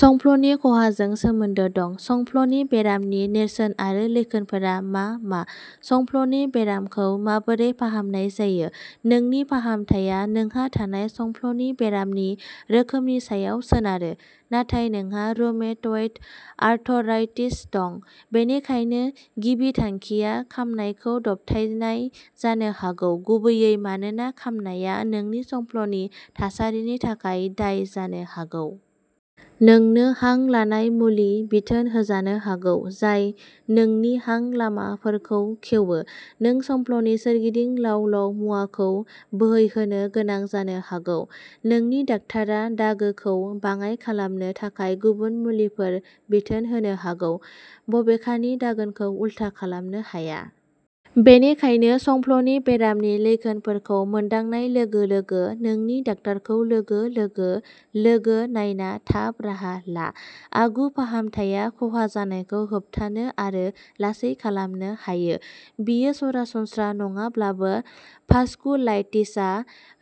संफ्लनि खहाजों सोमोन्दो दं। संफ्ल बेरामनि नेरसोन आरो लैखोनफोरा मा मा? संफ्लनि बेरामखौ माबोरै फाहामनाय जायो? नोंनि फाहामथाया नोंहा थानाय संफ्लनि बेरामनि रोखोमनि सायाव सोनारो। नाथाय नोंहा रुमेटइड आर्थराइटिस दं, बेनिखायनो गिबि थांखिया खामनायखौ दबथायनाय जानो हागौ, गुबैयै मानोना खामनाया नोंनि संफ्लनि थासारिनि थाखाय दाय जानो हागौ। नोंनो हां लानाय मुलि बिथोन होजानो हागौ जाय नोंनि हां लामाफोरखौ खेवो। नों संफ्लनि सोरगिदिं लाव-लाव मुवाखौ बोहैहोनो गोनां जानो हागौ। नोंनि डाक्टारआ दागोखौ बाङाय खालामनो थाखाय गुबुन मुलिफोर बिथोन होनो हागौ। बबेखानि, दागोखौ उलथा खालामनो हाया। बेनिखायनो संफ्लनि बेरामनि लैखोनफोरखौ मोनदांनाय लोगो-लोगो नोंनि डक्टरखौ लोगो-लोगो लोगो नायना थाब राहा ला। आगु फाहामथाया खहा जानायखौ होबथानो आरो लासै खालामनो हायो। बेयो सरासनस्रा नङाब्लाबो, भास्कुलाइटिसआ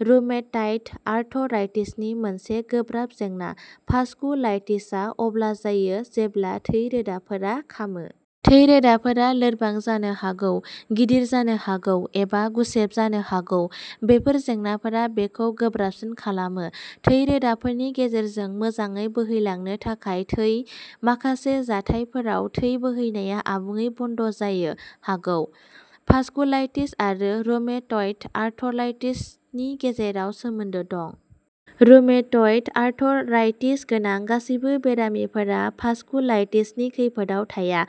रुमेटाइड आर्थराइटिसनि मोनसे गोब्राब जेंना। भास्कुलाइटिसआ अब्ला जायो जेब्ला थै रोदाफोरा खामो। थै रोदाफोरा लोरबां जानो हागौ, गिदिर जानो हागौ एबा गुसेब जानो हागौ। बेफोर जेंनाफोरा बेखौ गोब्राबसिन खालामो। थै रोदाफोरनि गेजेरजों मोजाङै बोहैलांनो थाखाय थै। माखासे जाथायफोराव, थै बोहैनाया आबुङै बन्द जानो हागौ। भास्कुलाइटिस आरो रुमेटइड आर्थराइटिसनि गेजेराव मा सोमोन्दो दं? रुमेटइड आर्थराइटिस गोनां गासैबो बेरामिफोरा भास्कुलाइटिसनि खैफोदआव थाया।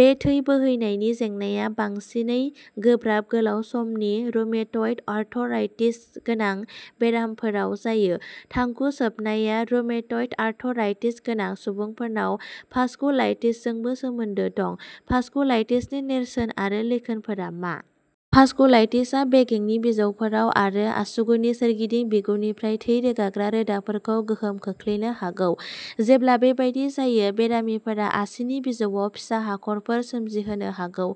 बे थै बोहैनायनि जेंनाया बांसिनै गोब्राब गोलाव समनि रुमेटइड आर्थराइटिस गोनां बेरामिफोरनाव जायो। थांखु सोबनाया रुमेटइड आर्थराइटिस गोनां सुबुंफोरनाव भास्कुलाइटिसजोंबो सोमोन्दो दं। भास्कुलाइटिसनि नेरसोन आरो लैखोनफोरा मा? भास्कुलाइटिसआ बेगेंनि बिजौफोराव आरो आसुगुरनि सोरगिदिं बिगुरनिफ्राय थै रोगाग्रा रोदाफोरखौ गोहोम खोख्लैनो हागौ। जेब्ला बेबादि जायो, बेरामिफोरा आसिनि बिजौआव फिसा हाखरफोर सोमजिहोनो हागौ,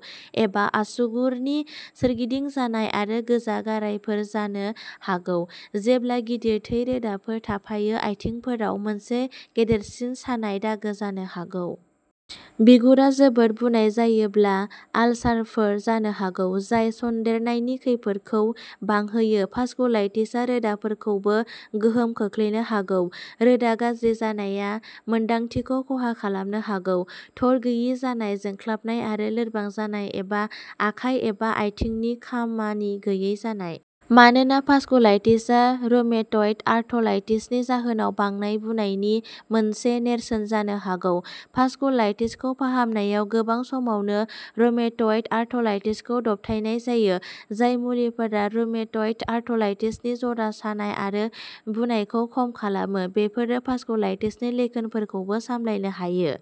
एबा आसुगुरनि सोरगिदिं सानाय आरो गोजा गारायफोर जानो हागौ। जेब्ला गिदिर थै रोदाफोर थाफायो, आथिंफोराव मोनसे गिदिरसिन सानाय दागो जानो हागौ। बिगुरा जोबोद बुनाय जायोब्ला, आलसारफोर जानो हागौ, जाय सन्देरनायनि खैफोदखौ बांहोयो। भास्कुलाइटिसआ रोदाफोरखौबो गोहोम खोख्लैनो हागौ। रोदा गाज्रि जानाया मोनदांथिखौ खहा खालामनो हागौ, थरगैयि जानाय, जोंख्लाबनाय आरो लोरबां जानाय एबा आखाइ एबा आथिंनि खामानि गैयै जानाय। मानोना भास्कुलाइटिसआ रुमेटइड आर्थराइटिसनि जाहोनाव बांनाय बुनायनि मोनसे नेरसोन जानो हागौ, भास्कुलाइटिसखौ फाहामनायाव गोबां समावनो रुमेटइड आर्थराइटिसखौ दबथायनाय जायो। जाय मुलिफोरा रुमेटइड आर्थराइटिसनि जरा सानाय आरो बुनायखौ खम खालामो, बेफोरो भास्कुलाइटिसनि लैखोनफोरखौबो सामलायनो हायो।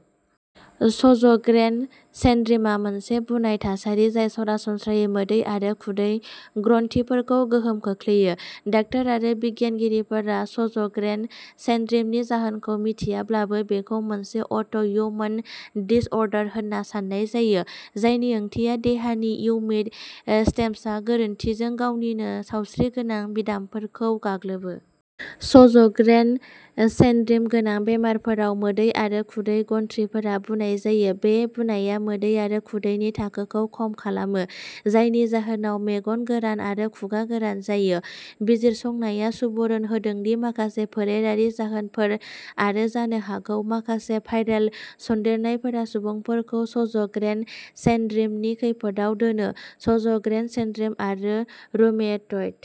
सज'ग्रेन सिन्ड्रमआ मोनसे बुनाय थासारि जाय सरासनस्रायै मोदै आरो खुदै ग्रन्थिफोरखौ गोहोम खोख्लैयो। डाक्टार आरो बिगियानगिरिफोरा सज'ग्रेन सिन्ड्रमनि जाहोनखौ मिथियाब्लाबो, बेखौ मोनसे अट'इम्युन डिसअर्डार होन्ना सान्नाय जायो, जायनि ओंथिया देहानि इमिउन सिस्टेमआ गोरोन्थिजों गावनिनो सावस्रिगोनां बिदामफोरखौ गाग्लोबो। सज'ग्रेन सिन्ड्रम गोनां बेरामिफोरनाव, मोदै आरो खुदै ग्रन्थिफोरा बुनाय जायो। बे बुनायआ मोदै आरो खुदैनि थाखोखौ खम खालामो, जायनि जाहोनाव मेगन गोरान आरो खुगा गोरान जायो। बिजिरसंनाया सुबुरुन होदों दि माखासे फोलेरारि जाहोनफोर आरो जानो हागौ माखासे भाइरेल सन्देरनायफोरा सुबुंफोरखौ सज'ग्रेन सिन्ड्रमनि खैफोदआव दोनो। सज'ग्रेन सिन्ड्रोम आरो रुमेटइड